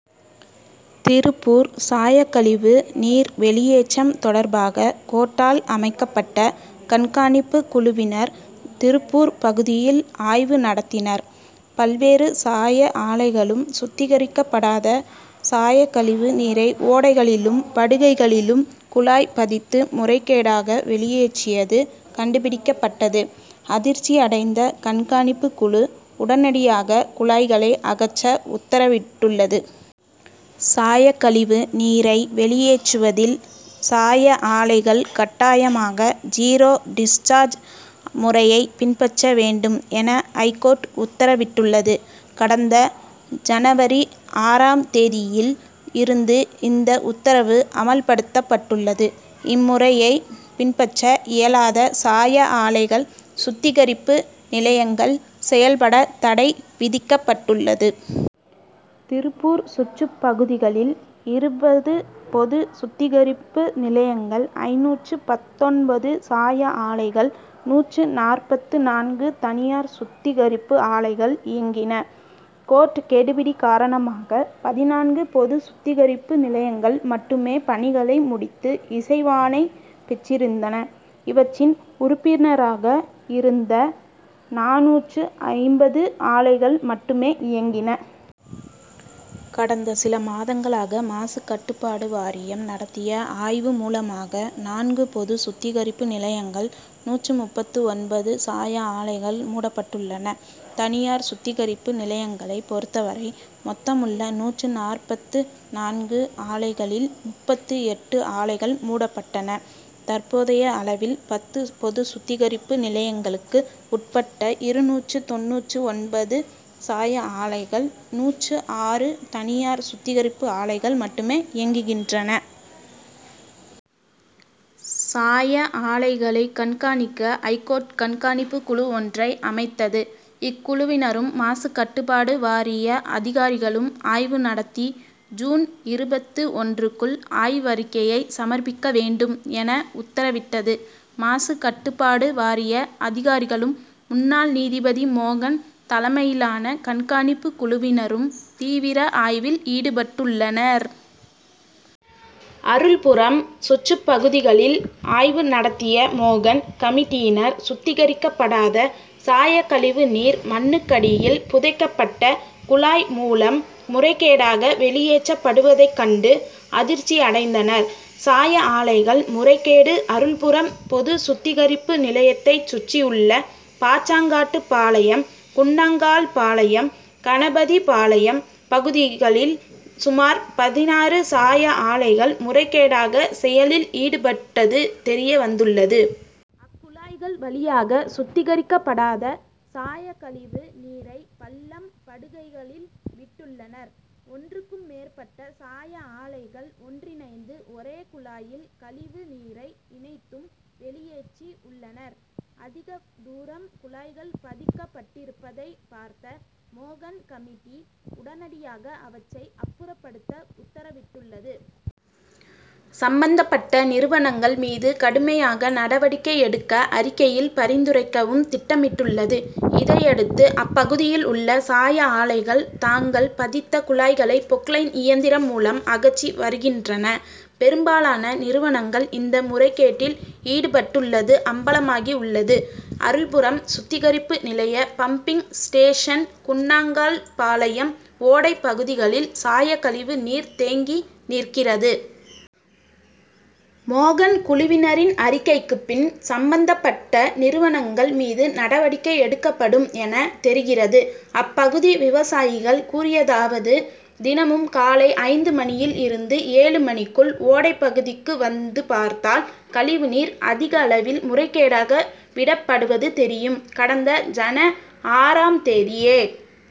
திருப்பூர் சாயக்கழிவு நீர் வெளியேற்றம் தொடர்பாக, கோர்ட்டால் அமைக்கப் பட்ட கண்காணிப்பு குழுவினர், திருப்பூர் பகுதியில் ஆய்வு நடத்தினர். பல்வேறு சாய ஆலைகளும், சுத்திகரிக்கப்படாத சாயக்கழிவு நீரை ஓடைகளிலும், படுகைகளிலும் குழாய் பதித்து முறைகேடாக வெளியேற்றியது கண்டுபிடிக்கப்பட்டது. அதிர்ச்சியடைந்த கண் காணிப்பு குழு, உடனடியாக குழாய்களை அகற்ற உத்தரவிட்டுள்ளது. சாயக்கழிவு நீரை வெளியேற்றுவதில் சாய ஆலைகள் கட்டாயமாக ஜீரோ டிஸ்சார்ஜ்' முறையை பின்பற்ற வேண்டும் என ஐகோர்ட் உத்தரவிட்டுள்ளது. கடந்த ஜன., ஆறு ம் தேதியில் இருந்து இந்த உத்தரவு அமல்படுத்தப்பட்டுள்ளது. இம்முறையை பின்பற்ற இயலாத சாய ஆலைகள், சுத்திகரிப்பு நிலையங்கள் செயல்பட தடை விதிக்கப்பட்டுள்ளது. திருப்பூர் சுற்றுப்பகுதிகளில் இருபது பொது சுத்திகரிப்பு நிலையங்கள், ஐந்நூற்று பத்தொன்பது சாய ஆலைகள், நூற்று நாற்பத்து நான்கு தனியார் சுத்திகரிப்பு ஆலைகள் இயங்கின. கோர்ட் கெடுபிடி காரணமாக, பதினான்கு பொது சுத்திகரிப்பு நிலையங்கள் மட்டுமே பணிகளை முடித்து இசைவாணை பெற்றிருந்தன. இவற்றின் உறுப்பினராக இருந்த நானூற்று ஐம்பது ஆலைகள் மட்டுமே இயங்கின. கடந்த சில மாதங்களாக மாசு கட்டுப்பாடு வாரியம் நடத்திய ஆய்வு மூலமாக, நான்கு பொது சுத்திகரிப்பு நிலையங்கள், நூற்று முப்பத்து ஒன்பது சாய ஆலைகள் மூடப்பட்டுள்ளன. தனியார் சுத்திகரிப்பு நிலையங்களை பொறுத்தவரை, மொத்தமுள்ள நூற்று நாற்பத்து நான்கு ஆலைகளில், முப்பத்து எட்டு ஆலைகள் மூடப்பட்டன. தற்போதைய அளவில், பத்து பொது சுத்திகரிப்பு நிலையங்களுக்கு உட்பட்ட இருநூற்று தொண்ணூற்று ஒன்பது சாய ஆலைகள், நூற்று ஆறு தனியார் சுத்திகரிப்பு ஆலைகள் மட்டுமே இயங்குகின்றன. சாய ஆலைகளை கண் காணிக்க, ஐகோர்ட் கண் காணிப்பு குழு ஒன்றை அமைத்தது. இக்குழுவினரும், மாசு கட்டுப் பாடு வாரிய அதிகாரிகளும் ஆய்வு நடத்தி, ஜூன் இருபத்து ஒன்று க்குள் ஆய்வறிக்கையை சமர்ப்பிக்க வேண்டும் என உத்தரவிட்டது. மாசு கட்டுப்பாடு வாரிய அதிகாரிகளும், முன்னாள் நீதிபதி மோகன் தலைமையிலான கண்காணிப்பு குழுவினரும் தீவிர ஆய்வில் ஈடுபட்டுள்ளனர். அருள்புரம் சுற்றுப்பகுதிகளில் ஆய்வு நடத்திய மோகன் கமிட்டியினர், சுத்திகரிக்கப் படாத சாயக்கழிவு நீர் மண்ணுக்கடியில் புதைக் கப்பட்ட குழாய் மூலம் முறைகேடாக வெளியேற்றப் படுவதைக் கண்டு அதிர்ச்சி அடைந்தனர். சாய ஆலைகள் முறைகேடு அருள்புரம் பொது சுத்திகரிப்பு நிலையத்தைச் சுற்றியுள்ள பாச்சாங்காட்டுப்பாளையம், குன்னாங்கல்பாளையம், கணபதிபாளையம் பகுதிகளில் சுமார் பதினாறு சாய ஆலைகள் முறைகேடான செயலில் ஈடுபட்டது தெரியவந்துள்ளது. அக்குழாய்கள் வழியாக சுத்திகரிக்கப்படாத சாயக்கழிவு நீரை பள்ளம், படுகைகளில் விட்டுள்ளனர். ஒன்றுக்கும் மேற்பட்ட சாய ஆலைகள் ஒன்றிணைந்து ஒரே குழாயில் கழிவு நீரை இணைத் தும் வெளியேற்றி உள்ளனர். அதிக தூரம் குழாய்கள் பதிக் கப்பட்டிருந்ததை பார்த்த மோகன் கமிட்டி, உடனடியாக அவற்றை அப்புறப்படுத்த உத் தரவிட்டுள்ளது. சம்பந்தப் பட்ட நிறுவனங்கள் மீது கடுமையாக நடவடிக்கை எடுக்க, அறிக்கையில் பரிந்துரைக்கவும் திட்டமிட்டுள்ளது. இதையடுத்து, அப்பகுதியில் உள்ள சாய ஆலைகள், தாங்கள் பதித்த குழாய்களை பொக் லைன் இயந்திரம் மூலம் அகற்றி வருகின்றன. பெரும் பாலான நிறுவனங்கள், இந்த முறைகேட்டில் ஈடுபட்டுள்ளது அம்பலமாகி உள்ளது. அருள்புரம் சுத்திகரிப்பு நிலைய பம்பிங் ஸ்டேஷன், குன்னாங் கல்பாளையம் ஓடை பகுதிகளில் சாயக்கழிவு நீர் தேங்கி நிற்கிறது. மோகன் குழுவினரின் அறிக்கைக்குப்பின், சம்பந்தப்பட்ட நிறுவனங்கள் மீது நடவடிக்கை எடுக்கப் படும் என தெரிகிறது. அப்பகுதி விவசாயிகள் கூறியதாவது தினமும் காலை ஐந்து மணியில் இருந்து ஏழு மணிக்குள் ஓடைப்பகுதிக்கு வந்து பார்த்தால், கழிவு நீர் அதிகளவில் முறைகேடாக விடப் படுவது தெரியும். கடந்த ஜன., ஆறாம் தேதியே